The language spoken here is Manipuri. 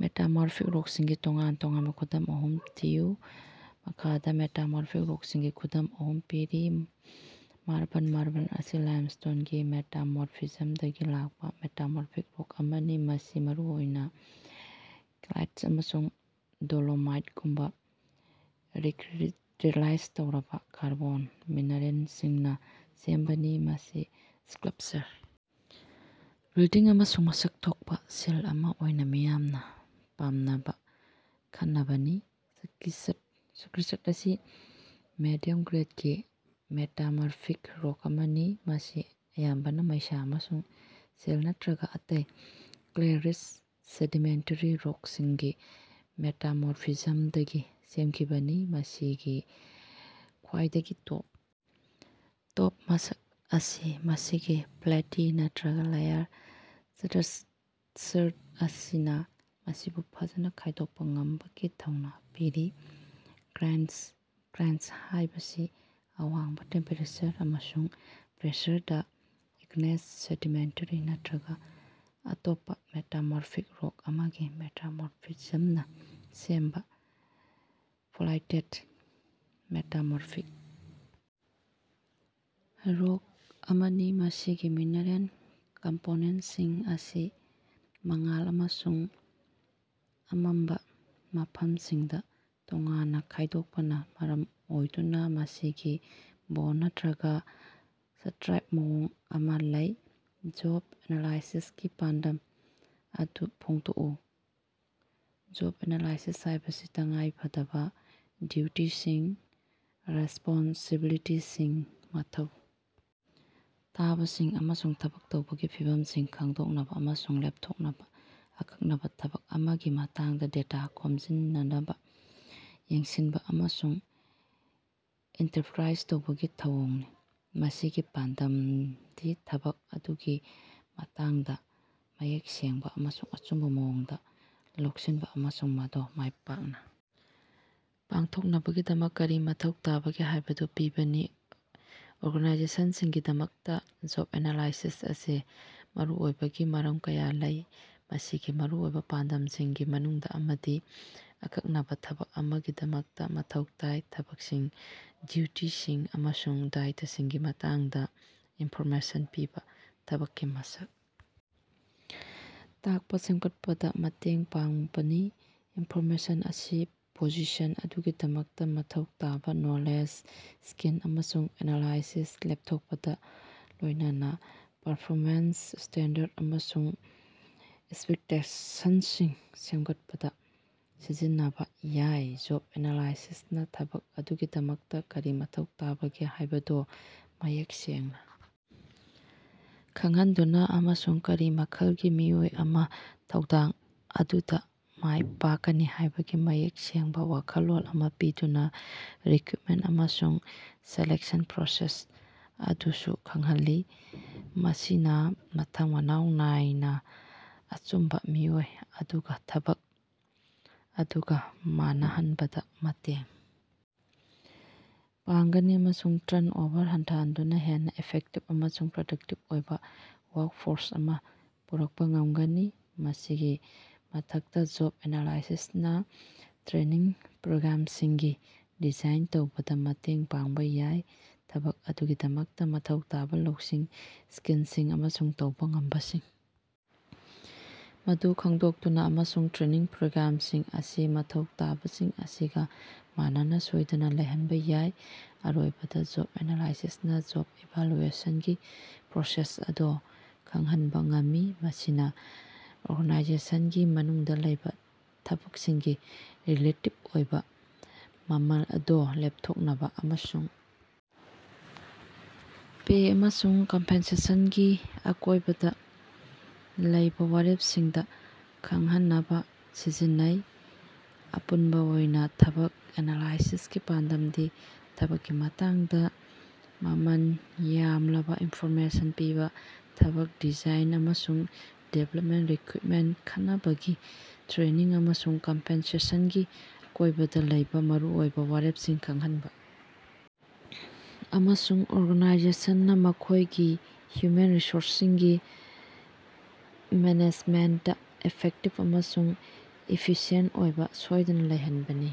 ꯃꯦꯇꯥꯃꯣꯔꯐꯤꯛ ꯔꯣꯛꯁꯤꯡꯒꯤ ꯇꯣꯉꯥꯟ-ꯇꯣꯉꯥꯟꯕ ꯈꯨꯗꯝ ꯑꯍꯨꯝ ꯊꯤꯌꯨ꯫ ꯃꯈꯥꯗ ꯃꯦꯇꯥꯃꯣꯔꯐꯤꯛ ꯔꯣꯛꯁꯤꯡꯒꯤ ꯈꯨꯗꯝ ꯑꯍꯨꯝ ꯄꯤꯔꯤ꯫ ꯃꯥꯔꯕꯜ: ꯃꯥꯔꯕꯜ ꯑꯁꯤ ꯂꯥꯏꯝꯁ꯭ꯇꯣꯟꯒꯤ ꯃꯦꯇꯥꯃꯣꯔꯐꯤꯖꯝꯗꯒꯤ ꯂꯥꯛꯄ ꯃꯦꯇꯥꯃꯣꯔꯐꯤꯛ ꯔꯣꯛ ꯑꯃꯅꯤ, ꯃꯁꯤ ꯃꯔꯨꯑꯣꯏꯅ ꯀꯦꯜꯁꯥꯏꯠ ꯑꯃꯁꯨꯡ ꯗꯣꯂꯣꯃꯥꯏꯠꯒꯨꯝꯕ ꯔꯤꯀ꯭ꯔꯤꯁꯇꯦꯂꯥꯏꯖ ꯇꯧꯔꯕ ꯀꯥꯔꯕꯣꯟ ꯃꯤꯅꯔꯦꯜꯁꯤꯡꯅ ꯁꯦꯝꯕꯅꯤ꯫ ꯃꯁꯤ ꯁ꯭ꯀꯜꯞꯆꯔ, ꯕꯤꯜꯗꯤꯡ ꯑꯃꯁꯨꯡ ꯃꯁꯛ ꯊꯣꯛꯄ ꯁꯤꯜ ꯑꯃ ꯑꯣꯏꯅ ꯃꯤꯌꯥꯝꯅ ꯄꯥꯝꯅꯕ ꯈꯟꯅꯕꯅꯤ꯫ ꯁ꯭ꯀꯤꯁꯠ ꯁ꯭ꯀꯤꯁꯠ ꯑꯁꯤ ꯃꯤꯗꯤꯌꯝ ꯒ꯭ꯔꯦꯗꯀꯤ ꯃꯦꯇꯥꯃꯣꯔꯐꯤꯛ ꯔꯣꯛ ꯑꯃꯅꯤ, ꯃꯁꯤ ꯑꯌꯥꯝꯕꯅ ꯃꯩꯁꯥ ꯑꯃꯁꯨꯡ ꯁꯦꯜ ꯅꯠꯇ꯭ꯔꯒ ꯑꯇꯩ ꯀ꯭ꯂꯦ-ꯔꯤꯆ ꯁꯦꯗꯤꯃꯦꯟꯇꯦꯔꯤ ꯔꯣꯛꯁꯤꯡꯒꯤ ꯃꯦꯇꯥꯃꯣꯔꯐꯤꯖꯝꯗꯒꯤ ꯁꯦꯝꯈꯤꯕꯅꯤ꯫ ꯃꯁꯤꯒꯤ ꯈ꯭ꯋꯥꯏꯗꯒꯤ ꯇꯣꯞ ꯇꯣꯞꯄ ꯃꯁꯛ ꯑꯁꯤ ꯃꯁꯤꯒꯤ ꯄ꯭ꯂꯦꯇꯤ ꯅꯠꯇ꯭ꯔꯒ ꯂꯦꯌꯔ ꯁ꯭ꯇꯔꯛꯆꯔ ꯑꯁꯤꯅ ꯃꯁꯤꯕꯨ ꯐꯖꯅ ꯈꯥꯏꯗꯣꯛꯄ ꯉꯝꯕꯒꯤ ꯊꯧꯅ ꯄꯤꯔꯤ꯫ ꯒ꯭ꯅꯦꯏꯁ: ꯒ꯭ꯅꯦꯏꯁ ꯍꯥꯏꯕꯁꯤ ꯑꯋꯥꯡꯕ ꯇꯦꯝꯄꯦꯔꯦꯆꯔ ꯑꯃꯁꯨꯡ ꯄ꯭ꯔꯦꯁꯔꯗ ꯏꯒ꯭ꯅꯦꯁ, ꯁꯦꯗꯤꯃꯦꯟꯇꯦꯔꯤ ꯅꯠꯇ꯭ꯔꯒ ꯑꯇꯣꯞꯄ ꯃꯦꯇꯥꯃꯣꯔꯐꯤꯛ ꯔꯣꯛ ꯑꯃꯒꯤ ꯃꯦꯇꯥꯃꯣꯔꯐꯤꯖꯝꯅ ꯁꯦꯝꯕ ꯐꯣꯂꯤꯑꯦꯇꯦꯗ ꯃꯦꯇꯥꯃꯣꯔꯐꯤꯛ ꯔꯣꯛ ꯑꯃꯅꯤ꯫ ꯃꯁꯤꯒꯤ ꯃꯤꯅꯔꯦꯜ ꯀꯝꯄꯣꯅꯦꯟꯠꯁꯤꯡ ꯑꯁꯤ ꯃꯉꯥꯜ ꯑꯃꯁꯨꯡ ꯑꯃꯝꯕ ꯃꯐꯝꯁꯤꯡꯗ ꯇꯣꯉꯥꯟꯅ ꯈꯥꯏꯗꯣꯛꯄꯅ ꯃꯔꯝ ꯑꯣꯏꯗꯨꯅ ꯃꯁꯤꯒꯤ ꯕꯦꯟ ꯅꯠꯇ꯭ꯔꯒ ꯁ꯭ꯇꯔꯥꯏꯞ ꯃꯑꯣꯡ ꯑꯃ ꯂꯩ꯫ ꯖꯣꯕ ꯑꯦꯅꯥꯂꯥꯏꯁꯤꯁꯀꯤ ꯄꯥꯟꯗꯝ ꯑꯗꯨ ꯐꯣꯡꯗꯣꯛꯎ꯫ ꯖꯣꯕ ꯑꯦꯅꯥꯂꯥꯏꯁꯤꯁ ꯍꯥꯏꯕꯁꯤ ꯇꯉꯥꯏꯐꯗꯕ ꯗ꯭ꯌꯨꯇꯤꯁꯤꯡ, ꯔꯦꯁꯄꯣꯟꯁꯤꯕꯤꯂꯤꯇꯤꯁꯤꯡ, ꯃꯊꯧ ꯇꯥꯕꯁꯤꯡ ꯑꯃꯁꯨꯡ ꯊꯕꯛ ꯇꯧꯕꯒꯤ ꯐꯤꯚꯝꯁꯤꯡ ꯈꯪꯗꯣꯛꯅꯕ ꯑꯃꯁꯨꯡ ꯂꯦꯞꯊꯣꯛꯅꯕ ꯑꯀꯛꯅꯕ ꯊꯕꯛ ꯑꯃꯒꯤ ꯃꯇꯥꯡꯗ ꯗꯦꯇꯥ ꯈꯣꯝꯖꯤꯟꯅꯕ, ꯌꯦꯡꯁꯤꯟꯕ ꯑꯃꯁꯨꯡ ꯏꯟꯇꯔꯞꯔꯥꯏꯖ ꯇꯧꯕꯒꯤ ꯊꯧꯑꯣꯡꯅꯤ꯫ ꯃꯁꯤꯒꯤ ꯄꯥꯟꯗꯝꯗꯤ ꯊꯕꯛ ꯑꯗꯨꯒꯤ ꯃꯇꯥꯡꯗ ꯃꯌꯦꯛ ꯁꯦꯡꯕ ꯑꯃꯁꯨꯡ ꯑꯆꯨꯝꯕ ꯃꯑꯣꯡꯗ ꯂꯧꯁꯤꯟꯕ ꯑꯃꯁꯨꯡ ꯃꯗꯨ ꯃꯥꯏꯄꯥꯛꯅ ꯄꯥꯡꯊꯣꯛꯅꯕꯒꯤꯗꯃꯛ ꯀꯔꯤ ꯃꯊꯧ ꯇꯥꯕꯒꯦ ꯍꯥꯏꯕꯗꯨ ꯄꯤꯕꯅꯤ꯫ ꯑꯣꯔꯒꯥꯅꯥꯏꯖꯦꯁꯟꯁꯤꯡꯒꯤꯗꯃꯛꯇ ꯖꯣꯕ ꯑꯦꯅꯥꯂꯥꯏꯁꯤꯁ ꯑꯁꯤ ꯃꯔꯨꯑꯣꯏꯕꯒꯤ ꯃꯔꯝ ꯀꯌꯥ ꯂꯩ꯫ ꯃꯁꯤꯒꯤ ꯃꯔꯨꯑꯣꯏꯕ ꯄꯥꯟꯗꯝꯁꯤꯡꯒꯤ ꯃꯅꯨꯡꯗ ꯑꯃꯗꯤ ꯑꯀꯛꯅꯕ ꯊꯕꯛ ꯑꯃꯒꯤꯗꯃꯛꯇ ꯃꯊꯧ ꯇꯥꯏ ꯊꯕꯛꯁꯤꯡ, ꯗ꯭ꯌꯨꯇꯤꯁꯤꯡ ꯑꯃꯁꯨꯡ ꯗꯥꯏꯇꯁꯤꯡꯒꯤ ꯃꯇꯥꯡꯗ ꯏꯟꯐꯣꯔꯃꯦꯁꯟ ꯄꯤꯕ ꯊꯕꯛꯀꯤ ꯃꯁꯛ ꯇꯥꯛꯄ ꯁꯦꯝꯒꯠꯄꯗ ꯃꯇꯦꯡ ꯄꯥꯡꯕꯅꯤ꯫ ꯏꯟꯐꯣꯔꯃꯦꯁꯟ ꯑꯁꯤ ꯄꯣꯖꯤꯁꯟ ꯑꯗꯨꯒꯤꯗꯃꯛꯇ ꯃꯊꯧ ꯇꯥꯕ ꯅꯣꯂꯦꯖ, ꯁ꯭ꯀꯤꯜ ꯑꯃꯁꯨꯡ ꯑꯦꯅꯥꯂꯥꯏꯁꯤꯁ ꯂꯦꯞꯊꯣꯛꯄꯗ, ꯂꯣꯏꯅꯅ ꯄꯔꯐꯣꯃꯦꯟꯁ ꯁ꯭ꯇꯦꯟꯗꯔꯗ ꯑꯃꯁꯨꯡ ꯑꯦꯛꯁꯄꯦꯛꯇꯦꯁꯟꯁꯤꯡ ꯁꯦꯝꯒꯠꯄꯗ ꯁꯤꯖꯤꯟꯅꯕ ꯌꯥꯏ꯫ ꯖꯣꯕ ꯑꯦꯅꯥꯂꯥꯏꯁꯤꯁꯅ ꯊꯕꯛ ꯑꯗꯨꯒꯤꯗꯃꯛꯇ ꯀꯔꯤ ꯃꯊꯧ ꯇꯥꯕꯒꯦ ꯍꯥꯏꯕꯗꯨ ꯃꯌꯦꯛ ꯁꯦꯡꯅ ꯈꯪꯍꯟꯗꯨꯅ, ꯑꯃꯁꯨꯡ ꯀꯔꯤ ꯃꯈꯜꯒꯤ ꯃꯤꯑꯣꯏ ꯑꯃꯅ ꯊꯧꯗꯥꯡ ꯑꯗꯨꯗ ꯃꯥꯏ ꯄꯥꯛꯀꯅꯤ ꯍꯥꯏꯕꯒꯤ ꯃꯌꯦꯛ ꯁꯦꯡꯕ ꯋꯥꯈꯜꯂꯣꯟ ꯑꯃ ꯄꯤꯗꯨꯅ ꯔꯤꯀ꯭ꯔꯨꯏꯠꯃꯦꯟꯠ ꯑꯃꯁꯨꯡ ꯁꯦꯂꯦꯛꯁꯟ ꯄ꯭ꯔꯣꯁꯦꯁ ꯑꯗꯨꯁꯨ ꯈꯪꯍꯜꯂꯤ꯫ ꯃꯁꯤꯅ ꯃꯊꯪ ꯃꯅꯥꯏꯎ ꯅꯥꯏꯅ ꯑꯆꯨꯝꯕ ꯃꯤꯑꯣꯏ ꯑꯗꯨꯒ ꯊꯕꯛ ꯑꯗꯨꯒ ꯃꯥꯟꯅꯍꯟꯕꯗ ꯃꯇꯦꯡ ꯄꯥꯡꯒꯅꯤ ꯑꯃꯁꯨꯡ ꯇꯔꯟꯑꯣꯚꯔ ꯍꯟꯊꯍꯟꯗꯨꯅ ꯍꯦꯟꯅ ꯏꯐꯦꯛꯇꯤꯕ ꯑꯃꯁꯨꯡ ꯄ꯭ꯔꯗꯛꯇꯤꯕ ꯑꯣꯏꯕ ꯋꯥꯔꯛꯐꯣꯔꯁ ꯑꯃ ꯄꯨꯔꯛꯄ ꯉꯝꯒꯅꯤ꯫ ꯃꯁꯤꯒꯤ ꯃꯊꯛꯇ, ꯖꯣꯕ ꯑꯦꯅꯥꯂꯥꯏꯁꯤꯁꯅ ꯇ꯭ꯔꯦꯅꯤꯡ ꯄ꯭ꯔꯣꯒ꯭ꯔꯥꯝꯁꯤꯡꯒꯤ ꯗꯤꯖꯥꯏꯟ ꯇꯧꯕꯗ ꯃꯇꯦꯡ ꯄꯥꯡꯕ ꯌꯥꯏ, ꯊꯕꯛ ꯑꯗꯨꯒꯤꯗꯃꯛꯇ ꯃꯊꯧ ꯇꯥꯕ ꯂꯧꯁꯤꯡ, ꯁ꯭ꯀꯤꯜꯁꯤꯡ ꯑꯃꯁꯨꯡ ꯇꯧꯕ ꯉꯝꯕꯁꯤꯡ ꯑꯗꯨ ꯈꯪꯗꯣꯛꯇꯨꯅ ꯑꯃꯁꯨꯡ ꯇ꯭ꯔꯦꯅꯤꯡ ꯄ꯭ꯔꯣꯒ꯭ꯔꯥꯝꯁꯤꯡ ꯑꯁꯤ ꯃꯊꯧ ꯇꯥꯕꯁꯤꯡ ꯑꯁꯤꯒ ꯃꯥꯟꯅꯅ ꯁꯣꯏꯗꯅ ꯂꯩꯍꯟꯕ ꯌꯥꯏ꯫ ꯑꯔꯣꯏꯕꯗ, ꯖꯣꯕ ꯑꯦꯅꯥꯂꯥꯏꯁꯤꯁꯅ ꯖꯣꯕ ꯏꯚꯥꯜꯌꯨꯑꯦꯁꯟꯒꯤ ꯄ꯭ꯔꯣꯁꯦꯁ ꯑꯗꯨ ꯈꯪꯍꯟꯕ ꯉꯝꯃꯤ, ꯃꯁꯤꯅ ꯑꯣꯔꯒꯅꯥꯏꯖꯦꯁꯟꯒꯤ ꯃꯅꯨꯡꯗ ꯂꯩꯕ ꯊꯕꯛꯁꯤꯡꯒꯤ ꯔꯤꯂꯦꯇꯤꯚ ꯑꯣꯏꯕ ꯃꯃꯜ ꯑꯗꯨ ꯂꯦꯞꯊꯣꯛꯅꯕ ꯑꯃꯁꯨꯡ ꯄꯦ ꯑꯃꯁꯨꯡ ꯀꯝꯄꯦꯟꯁꯦꯁꯟꯒꯤ ꯑꯀꯣꯏꯕꯗ ꯂꯩꯕ ꯋꯥꯔꯦꯞꯁꯤꯡꯗ ꯈꯪꯍꯟꯅꯕ ꯁꯤꯖꯤꯟꯅꯩ꯫ ꯑꯄꯨꯟꯕ ꯑꯣꯏꯅ, ꯊꯕꯛ ꯑꯦꯅꯥꯂꯥꯏꯁꯤꯁꯀꯤ ꯄꯥꯟꯗꯝꯗꯤ ꯊꯕꯛꯀꯤ ꯃꯇꯥꯡꯗ ꯃꯃꯜ ꯌꯥꯝꯂꯕ ꯏꯟꯐꯣꯔꯃꯦꯁꯟ ꯄꯤꯕ, ꯊꯕꯛ ꯗꯤꯖꯥꯏꯟ ꯑꯃꯁꯨꯡ ꯗꯤꯚꯦꯂꯄꯃꯦꯟꯠ, ꯔꯤꯀ꯭ꯔꯨꯏꯠꯃꯦꯟꯠ ꯈꯟꯅꯕꯒꯤ ꯇ꯭ꯔꯦꯅꯤꯡ ꯑꯃꯁꯨꯡ ꯀꯝꯄꯦꯟꯁꯦꯁꯟꯒꯤ ꯑꯀꯣꯏꯕꯗ ꯂꯩꯕ ꯃꯔꯨꯑꯣꯏꯕ ꯋꯥꯔꯦꯞꯁꯤꯡ ꯈꯪꯍꯟꯕ, ꯑꯃꯁꯨꯡ ꯑꯣꯔꯒꯥꯅꯥꯏꯖꯦꯁꯟꯅ ꯃꯈꯣꯏꯒꯤ ꯍ꯭ꯌꯨꯃꯦꯟ ꯔꯤꯁꯣꯔꯁꯁꯤꯡꯒꯤ ꯃꯦꯅꯦꯖꯃꯦꯟꯠꯗ ꯏꯐꯦꯛꯇꯤꯚ ꯑꯃꯁꯨꯡ ꯏꯐꯤꯁꯤꯑꯦꯟꯠ ꯑꯣꯏꯕ ꯁꯣꯏꯗꯅ ꯂꯩꯍꯟꯕꯅꯤ꯫